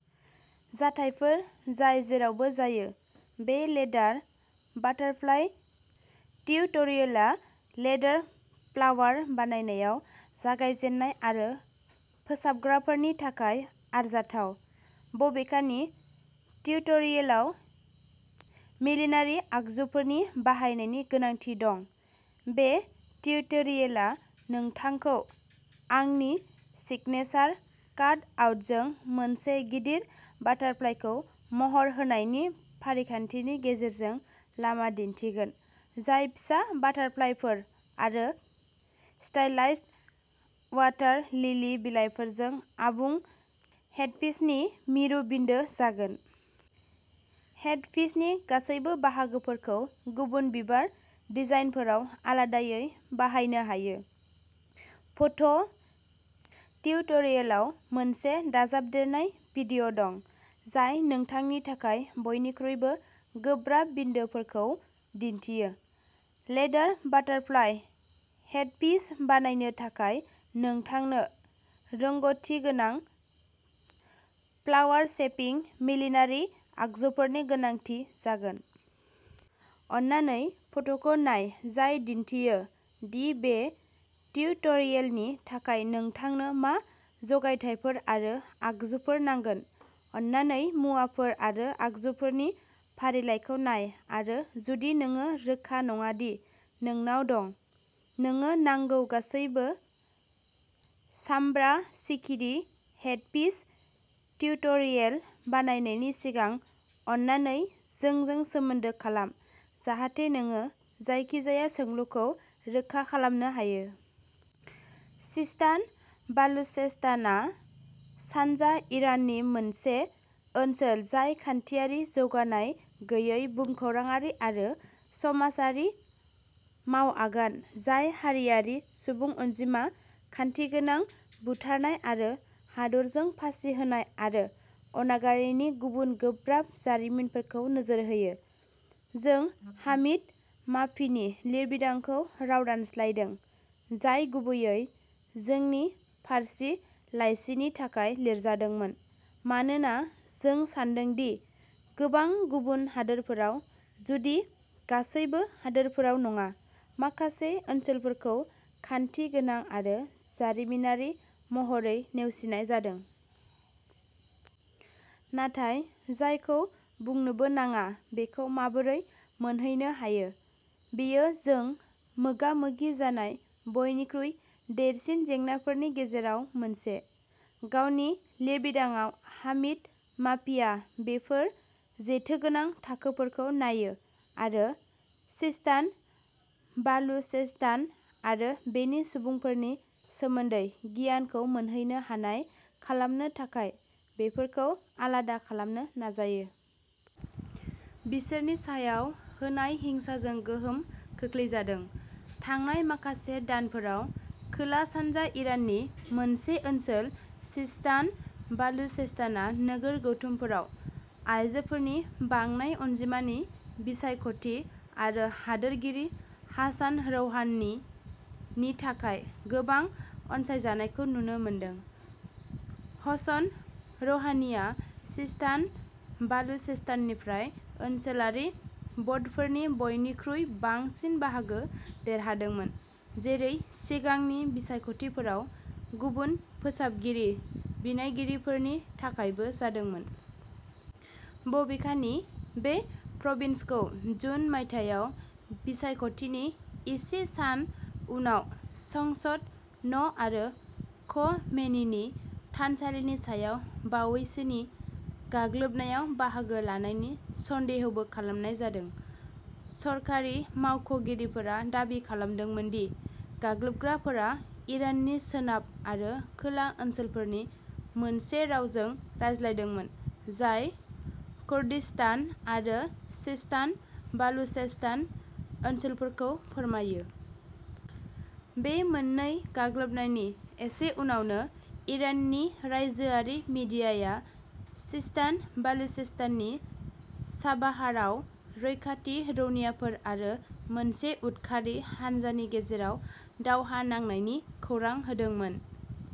जाथायफोर जाय जेरावबो जायो। बे लेदार बाटारफ्लाइ टिउटरियेलआ लेदार फ्लावार बानायनायाव जागायजेननाय आरो फोसाबग्राफोरनि थाखाय आरजाथाव। बबेखानि टिउटरियेलाव मिलिनारि आगजुफोरनि बाहायनायनि गोनांथि दं। बे टिउटरियेलआ नोंथांखौ आंनि सिगनेसार काट आउटजों मोनसे गिदिर बाटारफ्लाइखौ महर होनायनि फारिखान्थिनि गेजेरजों लामा दिन्थिगोन जाय फिसा बाटारफ्लाइफोर आरो स्टाइलाइज्ड अवाटार लिलि बिलाइफोरजों आबुं हेडपिसनि मिरु बिन्दो जागोन। हेडपिसनि गासैबो बाहागोफोरखौ गुबुन बिबार डिजाइनफोराव आलादायै बाहायनो हायो। फट' टिउटरियेलाव मोनसे दाजाबदेरनाय भिडिअ दं जाय नोंथांनि थाखाय बयनिख्रुइबो गोब्राब बिन्दोफोरखौ दिन्थियो। लेदार बाटारफ्लाइ हेडपिस बानायनो थाखाय नोंथांनो रोंग'थिगोनां फ्लावार शेपिं मिलिनारि आगजुफोरनि गोनांथि जागोन। अननानै फट'खौ नाय जाय दिन्थियो दि बे टिउटरियेलनि थाखाय नोंथांनो मा जगायथायफोर आरो आगजुफोर नांगोन। अननानै मुवाफोर आरो आगजुफोरनि फारिलाइखौ नाय आरो जुदि नोङो रोखा नङा दि नोंनाव दं। नोङो नांगौ गासैबो, सामब्रा सिखिरि हेडपिस टिउटरियेल बानायनायनि सिगां अननानै जोंजों सोमोन्दो खालाम, जाहाथे नोङो जायखिजाया सोंलुखौ रोखा खालामनो हायो। सिस्तान बालुचेस्तानआ सानजा इराननि मोनसे ओनसोल जाय खान्थियारि जौगानाय गैयै, भुमखौराङारि आरो समाजारि मावआगान, जाय हारिआरि सुबुं अनजिमा, खान्थि गोनां बुथारनाय आरो हादरजों फासि होनाय आरो अनागारिनि गुबुन गोब्राब जारिमिनफोरखौ नोजोर होयो। जों हामिद माफिनि लिरबिदांखौ राव दानस्लायदों, जाय गुबैयै जोंनि फारसि लाइसिनि थाखाय लिरजादोंमोन, मानोना जों सान्दों दि गोबां गुबुन हादोरफोराव, जुदि गासैबो हादोरफोराव नङा, माखासे ओनसोलफोरखौ खानथि गोनां आरो जारिमिनारि महरै नेवसिनाय जादों। नाथाय जायखौ बुंनोबो नाङा बेखौ माबोरै मोनहैनो हायो? बेयो जों मोगा मोगि जानाय बयनिख्रुइ देरसिन जेंनाफोरनि गेजेराव मोनसे। गावनि लिरबिदांआव, हामिद माफिया बेफोर जेथोगोनां थाखोफोरखौ नायो आरो सिस्तान बालुचेस्तान आरो बेनि सुबुंफोरनि सोमोन्दै गियानखौ मोनहैनो हानाय खालामनो थाखाय बेफोरखौ आलादा खालामनो नाजायो। बिसोरनि सायाव होनाय हिंसाजों गोहोम खोख्लैजादों। थांनाय माखासे दानफोराव, खोला-सानजा इराननि मोनसे ओनसोल, सिस्तान बालुचेस्तानआ नोगोर गौथुमफोराव आइजोफोरनि बांनाय अनजिमानि बिसायख'थि आरो हादोरगिरि हासान रौहानिनि थाखाय गोबां अनसायजानायखौ नुनो मोनदों। हसन रौहानिआ सिस्तान बालुचेस्ताननिफ्राय ओनसोलारि भ'टफोरनि बयनिख्रुइ बांसिन बाहागो देरहादोंमोन, जेरै सिगांनि बिसायख'थिफोराव गुबुन फोसाबगिरि बिनायगिरिफोरनि थाखायबो जादोंमोन। बबेखानि, बे प्रभिन्सखौ जुन मायथाइयाव बिसायख'थिनि इसे सान उनाव संसद न'आरो ख'मेनिनि थानसालिनि सायाव बावैसोनि गाग्लोबनायाव बाहागो लानायनि सन्देहबो खालामनाय जादों। सरखारि मावख'गिरिफोरा दाबि खालामदोंमोन दि गाग्लोबग्राफोरा इराननि सोनाब आरो खोला ओनसोलफोरनि मोनसे रावजों रायज्लायदोंमोन जाय कुर्दिस्तान आरो सिस्तान बालुचेस्तान ओनसोलफोरखौ फोरमायो। बे मोननै गाग्लोबनायनि एसे उनावनो, इराननि रायजोआरि मिडियाया सिस्तान बालुचेस्ताननि चाबाहारआव रैखाथि रौनियाफोर आरो मोनसे उदखारि हानजानि गेजेराव दावहा नांनायनि खौरां होदोंमोन।